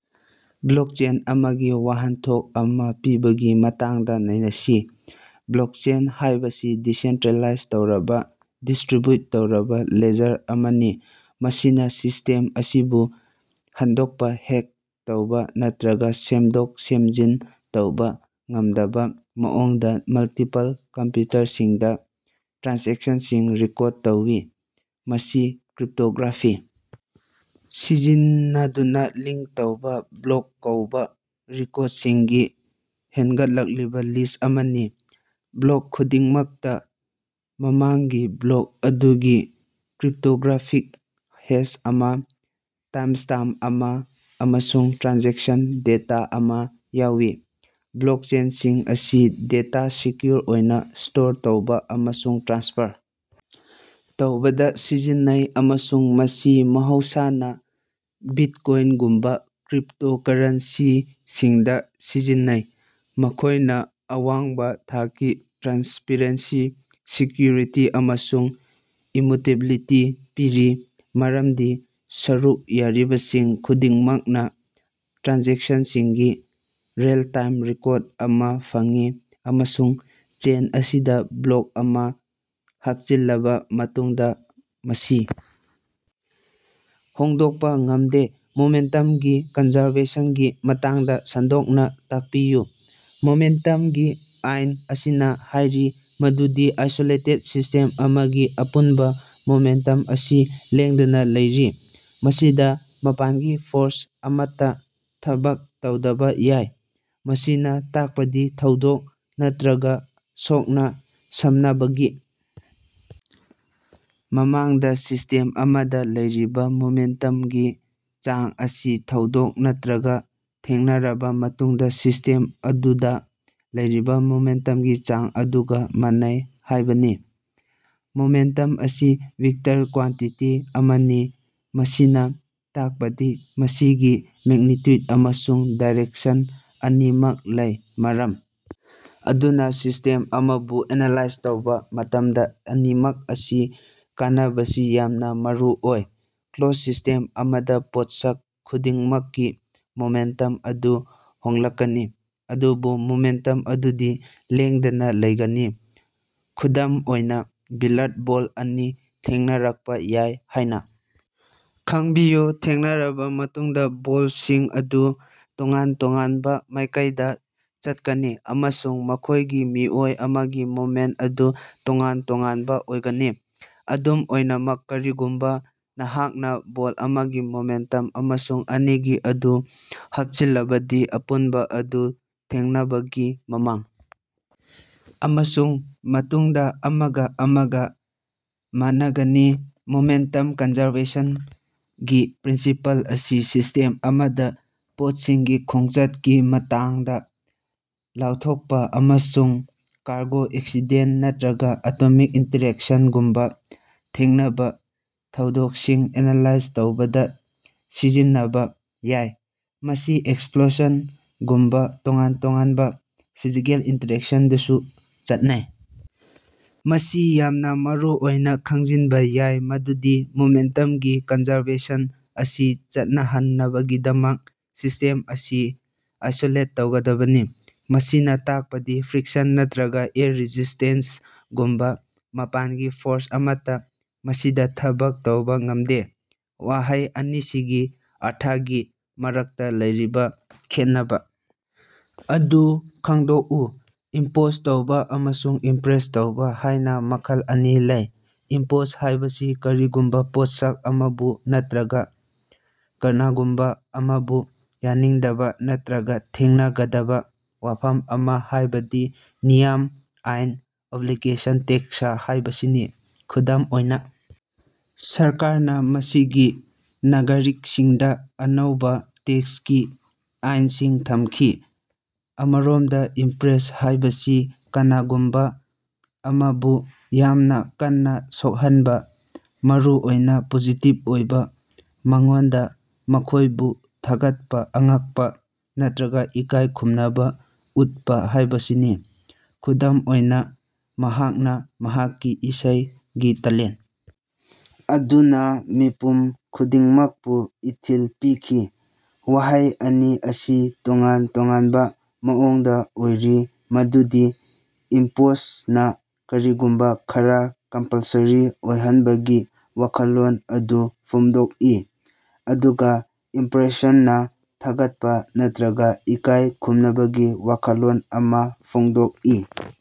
Blockchain ꯑꯃꯒꯤ ꯋꯥꯍꯟꯊꯣꯛ ꯑꯃꯥ ꯄꯤꯕꯥꯒꯤ ꯃꯇꯥꯡꯗ ꯅꯩꯅꯁꯤ꯫ ꯕ꯭ꯂꯣꯛꯆꯦꯟ ꯍꯥꯏꯕꯁꯤ ꯗꯤꯁꯦꯟꯇ꯭ꯔꯦꯂꯥꯏꯖ ꯇꯧꯔꯕꯥ, ꯗꯤꯁꯇ꯭ꯔꯤꯕ꯭ꯌꯨꯠ ꯇꯧꯔꯕꯥ ꯂꯦꯖꯔ ꯑꯃꯅꯤ, ꯃꯁꯤꯅꯥ ꯁꯤꯁꯇꯦꯝ ꯑꯁꯤꯕꯨ ꯍꯣꯡꯗꯣꯛꯄꯥ, ꯍꯦꯛ ꯇꯧꯕꯥ ꯅꯠꯇ꯭ꯔꯒꯥ ꯁꯦꯝꯗꯣꯛ-ꯁꯦꯝꯖꯤꯟ ꯇꯧꯕꯥ ꯉꯝꯗꯕꯥ ꯃꯑꯣꯡꯗꯥ ꯃꯜꯇꯤꯄꯜ ꯀꯝꯄ꯭ꯌꯨꯇꯔꯁꯤꯡꯗꯥ ꯇ꯭ꯔꯥꯟꯖꯦꯛꯁꯟꯁꯤꯡ ꯔꯦꯀꯣꯔꯗ ꯇꯧꯏ꯫ ꯃꯁꯤ ꯀ꯭ꯔꯤꯞꯇꯣꯒ꯭ꯔꯥꯐꯤ ꯁꯤꯖꯤꯟꯅꯗꯨꯅꯥ ꯂꯤꯡꯀ ꯇꯧꯕꯥ ꯕ꯭ꯂꯣꯛ ꯀꯧꯕꯥ ꯔꯦꯀꯣꯔꯗꯁꯤꯡꯒꯤ ꯍꯦꯟꯒꯠꯂꯛꯂꯤꯕꯥ ꯂꯤꯁ ꯑꯃꯅꯤ꯫ ꯕ꯭ꯂꯣꯛ ꯈꯨꯗꯤꯡꯃꯛꯇꯥ ꯃꯃꯥꯡꯒꯤ ꯕ꯭ꯂꯣꯛ ꯑꯗꯨꯒꯤ ꯀ꯭ꯔꯤꯞꯇꯣꯒ꯭ꯔꯥꯐꯤꯛ ꯍꯦꯁ ꯑꯃꯥ, ꯇꯥꯏꯝꯁ꯭ꯇꯦꯝ ꯑꯃꯥ ꯑꯃꯁꯨꯡ ꯇ꯭ꯔꯥꯟꯖꯦꯛꯁꯟ ꯗꯦꯇꯥ ꯑꯃꯥ ꯌꯥꯎꯏ꯫ ꯕ꯭ꯂꯣꯛꯆꯦꯟꯁꯤꯡ ꯑꯁꯤ ꯗꯦꯇꯥ ꯁꯦꯀ꯭ꯌꯨꯑꯣꯔ ꯑꯣꯏꯅꯥ ꯁ꯭ꯇꯣꯔ ꯇꯧꯕꯥ ꯑꯃꯁꯨꯡ ꯇ꯭ꯔꯥꯟꯁꯐꯔ ꯇꯧꯕꯗꯥ ꯁꯤꯖꯤꯟꯅꯩ ꯑꯃꯁꯨꯡ ꯃꯁꯤ ꯃꯍꯧꯁꯥꯅꯥ ꯕꯤꯠꯀꯣꯏꯟꯒꯨꯝꯕꯥ ꯀ꯭ꯔꯤꯞꯇꯣꯀꯔꯦꯟꯁꯤꯁꯤꯡꯗꯥ ꯁꯤꯖꯤꯟꯅꯩ꯫ ꯃꯈꯣꯏꯅꯥ ꯑꯋꯥꯡꯕꯥ ꯊꯥꯛꯀꯤ ꯇ꯭ꯔꯥꯟꯁꯄꯔꯦꯟꯁꯤ, ꯁꯦꯀ꯭ꯌꯨꯔꯤꯇꯤ ꯑꯃꯁꯨꯡ ꯏꯝꯃ꯭ꯌꯨꯇꯦꯕꯤꯂꯤꯇꯤ ꯄꯤꯔꯤ, ꯃꯔꯝꯗꯤ ꯁꯔꯨꯛ ꯌꯥꯔꯤꯕꯁꯤꯡ ꯈꯨꯗꯤꯡꯃꯛꯅꯥ ꯇ꯭ꯔꯥꯟꯖꯦꯛꯁꯟꯁꯤꯡꯒꯤ ꯔꯤꯑꯦꯜ-ꯇꯥꯏꯝ ꯔꯦꯀꯣꯔꯗ ꯑꯃꯥ ꯐꯪꯏ ꯑꯃꯁꯨꯡ ꯆꯦꯟ ꯑꯁꯤꯗꯥ ꯕ꯭ꯂꯣꯛ ꯑꯃꯥ ꯍꯥꯞꯆꯤꯜꯂꯕꯥ ꯃꯇꯨꯡꯗꯥ ꯃꯁꯤ ꯍꯣꯡꯗꯣꯛꯄꯥ ꯉꯝꯗꯦ꯫ ꯃꯣꯃꯦꯟꯇꯝꯒꯤ ꯀꯟꯖꯔꯕꯦꯁꯟꯒꯤ ꯃꯇꯥꯡꯗꯥ ꯁꯟꯗꯣꯛꯅꯥ ꯇꯥꯛꯄꯤꯌꯨ꯫ ꯃꯣꯃꯦꯟꯇꯝ ꯀꯟꯖꯔꯕꯦꯁꯟꯒꯤ ꯑꯥꯏꯟ ꯑꯁꯤꯅꯥ ꯍꯥꯏꯔꯤ ꯃꯗꯨꯗꯤ ꯑꯥꯏꯁꯣꯂꯦꯇꯦꯗ ꯁꯤꯁꯇꯦꯝ ꯑꯃꯒꯤ ꯑꯄꯨꯟꯕꯥ ꯃꯣꯃꯦꯟꯇꯝ ꯑꯁꯤ ꯂꯦꯡꯗꯅꯥ ꯂꯩꯔꯤ, ꯃꯁꯤꯗꯥ ꯃꯄꯥꯟꯒꯤ ꯐꯣꯔꯁ ꯑꯃꯠꯇꯥ ꯊꯕꯛ ꯇꯧꯗꯕꯥ ꯌꯥꯏ꯫ ꯃꯁꯤꯅꯥ ꯇꯥꯛꯄꯗꯤ ꯊꯧꯗꯣꯛ ꯅꯠꯇ꯭ꯔꯒꯥ ꯁꯣꯛꯅ-ꯁꯝꯅꯕꯒꯤ ꯃꯃꯥꯡꯗꯥ ꯁꯤꯁꯇꯦꯝ ꯑꯃꯗꯥ ꯂꯩꯔꯤꯕꯥ ꯃꯣꯃꯦꯟꯇꯝꯒꯤ ꯆꯥꯡ ꯑꯁꯤ ꯊꯧꯗꯣꯛ ꯅꯠꯇ꯭ꯔꯒꯥ ꯊꯦꯡꯅꯔꯕꯥ ꯃꯇꯨꯡꯗꯥ ꯁꯤꯁꯇꯦꯝ ꯑꯗꯨꯗꯥ ꯂꯩꯔꯤꯕꯥ ꯃꯣꯃꯦꯟꯇꯝꯒꯤ ꯆꯥꯡ ꯑꯗꯨꯒꯥ ꯃꯥꯟꯅꯩ ꯍꯥꯏꯕꯅꯤ꯫ ꯃꯣꯃꯦꯟꯇꯝ ꯑꯁꯤ ꯚꯦꯛꯇꯔ ꯀ꯭ꯋꯥꯟꯇꯤꯇꯤ ꯑꯃꯅꯤ, ꯃꯁꯤꯅꯥ ꯇꯥꯛꯄꯗꯤ ꯃꯁꯤꯒꯤ ꯃꯦꯛꯅꯤꯆ꯭ꯌꯨꯠ ꯑꯃꯁꯨꯡ ꯗꯤꯔꯦꯛꯁꯟ ꯑꯅꯤꯃꯛ ꯂꯩ, ꯃꯔꯝ ꯑꯗꯨꯅꯥ ꯁꯤꯁꯇꯦꯝ ꯑꯃꯕꯨ ꯑꯦꯅꯥꯂꯥꯏꯖ ꯇꯧꯕꯥ ꯃꯇꯝꯗꯥ ꯑꯅꯤꯃꯛ ꯑꯁꯤ ꯈꯟꯅꯕꯁꯤ ꯌꯥꯝꯅꯥ ꯃꯔꯨꯑꯣꯏ꯫ ꯀ꯭ꯂꯣꯖꯗ ꯁꯤꯁꯇꯦꯝ ꯑꯃꯗꯥ, ꯄꯣꯠꯁꯛ ꯈꯨꯗꯤꯡꯃꯛꯀꯤ ꯃꯣꯃꯦꯟꯇꯝ ꯑꯗꯨ ꯍꯣꯡꯂꯛꯀꯅꯤ, ꯑꯗꯨꯕꯨ ꯑꯄꯨꯟꯕꯥ ꯃꯣꯃꯦꯟꯇꯝ ꯑꯗꯨꯗꯤ ꯂꯦꯡꯗꯅꯥ ꯂꯩꯒꯅꯤ꯫ ꯈꯨꯗꯝ ꯑꯣꯏꯅꯥ, ꯕꯤꯂꯤꯌꯔ ꯕꯣꯜ ꯑꯅꯤ ꯊꯦꯡꯅꯔꯛꯄꯥ ꯌꯥꯏ ꯍꯥꯏꯅꯥ ꯈꯟꯕꯤꯌꯨ꯫ ꯊꯦꯡꯅꯔꯕꯥ ꯃꯇꯨꯡꯗꯥ, ꯕꯣꯜꯁꯤꯡ ꯑꯗꯨ ꯇꯣꯉꯥꯟ-ꯇꯣꯉꯥꯟꯕ ꯃꯥꯏꯀꯩꯗꯥ ꯆꯠꯀꯅꯤ ꯑꯃꯁꯨꯡ ꯃꯈꯣꯏꯒꯤ ꯃꯤꯑꯣꯏ ꯑꯃꯒꯤ ꯃꯣꯃꯦꯟꯇ ꯑꯗꯨ ꯇꯣꯉꯥꯟ-ꯇꯣꯉꯥꯟꯕ ꯑꯣꯏꯒꯅꯤ꯫ ꯑꯗꯨꯝ ꯑꯣꯏꯅꯃꯛ, ꯀꯔꯤꯒꯨꯝꯕꯥ ꯅꯍꯥꯛꯅꯥ ꯕꯣꯜ ꯑꯃꯒꯤ ꯃꯣꯃꯦꯟꯇꯝ ꯑꯃꯁꯨꯡ ꯕꯣꯜ ꯑꯅꯤꯒꯤ ꯃꯣꯃꯦꯟꯇꯝ ꯑꯗꯨ ꯍꯥꯞꯆꯤꯜꯂꯕꯗꯤ, ꯑꯄꯨꯟꯕꯥ ꯑꯗꯨ ꯊꯦꯡꯅꯕꯒꯤ ꯃꯃꯥꯡ ꯑꯃꯁꯨꯡ ꯃꯇꯨꯡꯗꯥ ꯑꯃꯒꯥ ꯑꯃꯒꯥ ꯃꯥꯟꯅꯒꯅꯤ꯫ ꯃꯣꯃꯦꯟꯇꯝ ꯀꯟꯖꯔꯕꯦꯁꯟꯒꯤ ꯄ꯭ꯔꯤꯟꯁꯤꯄꯜ ꯑꯁꯤ ꯁꯤꯁꯇꯦꯝ ꯑꯃꯗꯥ ꯄꯣꯠꯁꯤꯡꯒꯤ ꯈꯣꯡꯆꯠꯀꯤ ꯃꯇꯥꯡꯗꯥ ꯂꯥꯎꯊꯣꯛꯄꯥ ꯑꯃꯁꯨꯡ ꯀꯥꯔꯒꯣ ꯑꯦꯛꯁꯤꯗꯦꯟꯇ ꯅꯠꯇ꯭ꯔꯒꯥ ꯑꯦꯇꯣꯃꯤꯛ ꯏꯟꯇꯔꯦꯛꯁꯟꯒꯨꯝꯕꯥ ꯊꯦꯡꯅꯕꯥ ꯊꯧꯗꯣꯛꯁꯤꯡ ꯑꯦꯅꯥꯂꯥꯏꯖ ꯇꯧꯕꯗꯥ ꯁꯤꯖꯤꯟꯅꯕꯥ ꯌꯥꯏ꯫ ꯃꯁꯤ ꯑꯦꯛꯁꯄ꯭ꯂꯣꯁꯟꯒꯨꯝꯕꯥ ꯇꯣꯉꯥꯟ-ꯇꯣꯉꯥꯟꯕꯥ ꯐꯤꯖꯤꯀꯦꯜ ꯏꯟꯇꯔꯦꯛꯁꯟꯁꯤꯡꯗꯁꯨ ꯆꯠꯅꯩ꯫ ꯃꯁꯤ ꯌꯥꯝꯅꯥ ꯃꯔꯨꯑꯣꯏꯅꯥ ꯈꯪꯖꯤꯟꯕꯥ ꯌꯥꯏ ꯃꯗꯨꯗꯤ ꯃꯣꯃꯦꯟꯇꯝꯒꯤ ꯀꯟꯖꯔꯕꯦꯁꯟ ꯑꯁꯤ ꯆꯠꯅꯍꯟꯅꯕꯒꯤꯗꯃꯛ, ꯁꯤꯁꯇꯦꯝ ꯑꯁꯤ ꯑꯥꯏꯁꯣꯂꯦꯠ ꯇꯧꯒꯗꯕꯅꯤ, ꯃꯁꯤꯅꯥ ꯇꯥꯛꯄꯗꯤ ꯐ꯭ꯔꯤꯛꯁꯟ ꯅꯠꯇ꯭ꯔꯒꯥ ꯑꯦꯌꯔ ꯔꯦꯁꯤꯁꯇꯦꯟꯁꯒꯨꯝꯕꯥ ꯃꯄꯥꯟꯒꯤ ꯐꯣꯔꯁ ꯑꯃꯠꯇꯥ ꯃꯁꯤꯗꯥ ꯊꯕꯛ ꯇꯧꯕꯥ ꯉꯝꯗꯦ꯫ ꯋꯥꯍꯩ ꯑꯅꯤꯁꯤꯒꯤ ꯑꯔꯊꯒꯤ ꯃꯔꯛꯇꯥ ꯂꯩꯔꯤꯕꯥ ꯈꯦꯟꯅꯕꯥ ꯑꯗꯨ ꯈꯪꯗꯣꯛꯎ꯫ ꯏꯝꯄꯣꯖ ꯇꯧꯕꯥ ꯑꯃꯁꯨꯡ ꯏꯝꯄ꯭ꯔꯦꯁ ꯇꯧꯕꯥ ꯍꯥꯏꯅ ꯃꯈꯜ ꯑꯅꯤ ꯂꯩ꯫ ꯏꯝꯄꯣꯖ ꯍꯥꯏꯕꯁꯤ ꯀꯔꯤꯒꯨꯝꯕꯥ ꯄꯣꯠꯁꯛ ꯑꯃꯕꯨ ꯅꯠꯇ꯭ꯔꯒꯥ ꯀꯅꯥꯒꯨꯝꯕꯥ ꯑꯃꯕꯨ ꯌꯥꯅꯤꯡꯗꯕꯥ ꯅꯠꯇ꯭ꯔꯒꯥ ꯊꯦꯡꯅꯒꯗꯕꯥ ꯋꯥꯐꯝ ꯑꯃꯥ, ꯍꯥꯏꯕꯗꯤ ꯅꯤꯌꯝ, ꯑꯥꯏꯟ, ꯑꯣꯕ꯭ꯂꯤꯒꯦꯁꯟ ꯅꯠꯇ꯭ꯔꯒꯥ ꯇꯦꯛꯁ ꯍꯥꯏꯕꯁꯤꯅꯤ꯫ ꯈꯨꯗꯝ ꯑꯣꯏꯅꯥ, ꯁꯔꯀꯥꯔꯅꯥ ꯃꯁꯤꯒꯤ ꯅꯥꯒꯔꯤꯛꯁꯤꯡꯗꯥ ꯑꯅꯧꯕꯥ ꯇꯦꯛꯁꯀꯤ ꯑꯥꯏꯟꯁꯤꯡ ꯊꯝꯈꯤ꯫ ꯑꯃꯔꯣꯝꯗꯥ, ꯏꯝꯄ꯭ꯔꯦꯁ ꯍꯥꯏꯕꯁꯤ ꯀꯅꯥꯒꯨꯝꯕꯥ ꯑꯃꯕꯨ ꯌꯥꯝꯅꯥ ꯀꯟꯅꯥ ꯁꯣꯛꯍꯟꯕꯥ, ꯃꯔꯨꯑꯣꯏꯅꯥ ꯄꯣꯖꯤꯇꯤꯚ ꯑꯣꯏꯕꯥ ꯃꯑꯣꯡꯗꯥ, ꯃꯈꯣꯏꯕꯨ ꯊꯥꯒꯠꯄꯥ, ꯑꯉꯛꯄꯥ ꯅꯠꯇ꯭ꯔꯒꯥ ꯏꯀꯥꯏ ꯈꯨꯝꯅꯕꯥ ꯎꯠꯄꯥ ꯍꯥꯏꯕꯁꯤꯅꯤ꯫ ꯈꯨꯗꯝ ꯑꯣꯏꯅꯥ, ꯃꯍꯥꯛꯅꯥ ꯃꯍꯥꯛꯀꯤ ꯏꯁꯩꯒꯤ ꯇꯦꯂꯦꯟꯇ ꯑꯗꯨꯅꯥ ꯃꯤꯄꯨꯝ ꯈꯨꯗꯤꯡꯃꯛꯄꯨ ꯏꯊꯤꯜ ꯄꯤꯈꯤ꯫ ꯋꯥꯍꯩ ꯑꯅꯤ ꯑꯁꯤ ꯇꯣꯉꯥꯟ ꯇꯣꯉꯥꯟꯕ ꯃꯑꯣꯡꯗꯥ ꯑꯣꯏꯔꯤ ꯃꯗꯨꯗꯤ ꯏꯝꯄꯣꯖꯅꯥ ꯀꯔꯤꯒꯨꯝꯕꯥ ꯈꯔꯥ ꯀꯝꯄꯜꯁꯔꯤ ꯑꯣꯏꯍꯟꯕꯒꯤ ꯋꯥꯈꯜꯂꯣꯟ ꯑꯗꯨ ꯐꯣꯡꯗꯣꯛꯏ ꯑꯗꯨꯒꯥ ꯏꯝꯄ꯭ꯔꯦꯁꯅꯥ ꯊꯥꯒꯠꯄꯥ ꯅꯠꯇ꯭ꯔꯒꯥ ꯏꯀꯥꯏ ꯈꯨꯝꯅꯕꯒꯤ ꯋꯥꯈꯜꯂꯣꯟ ꯑꯃꯥ ꯐꯣꯡꯗꯣꯛꯏ꯫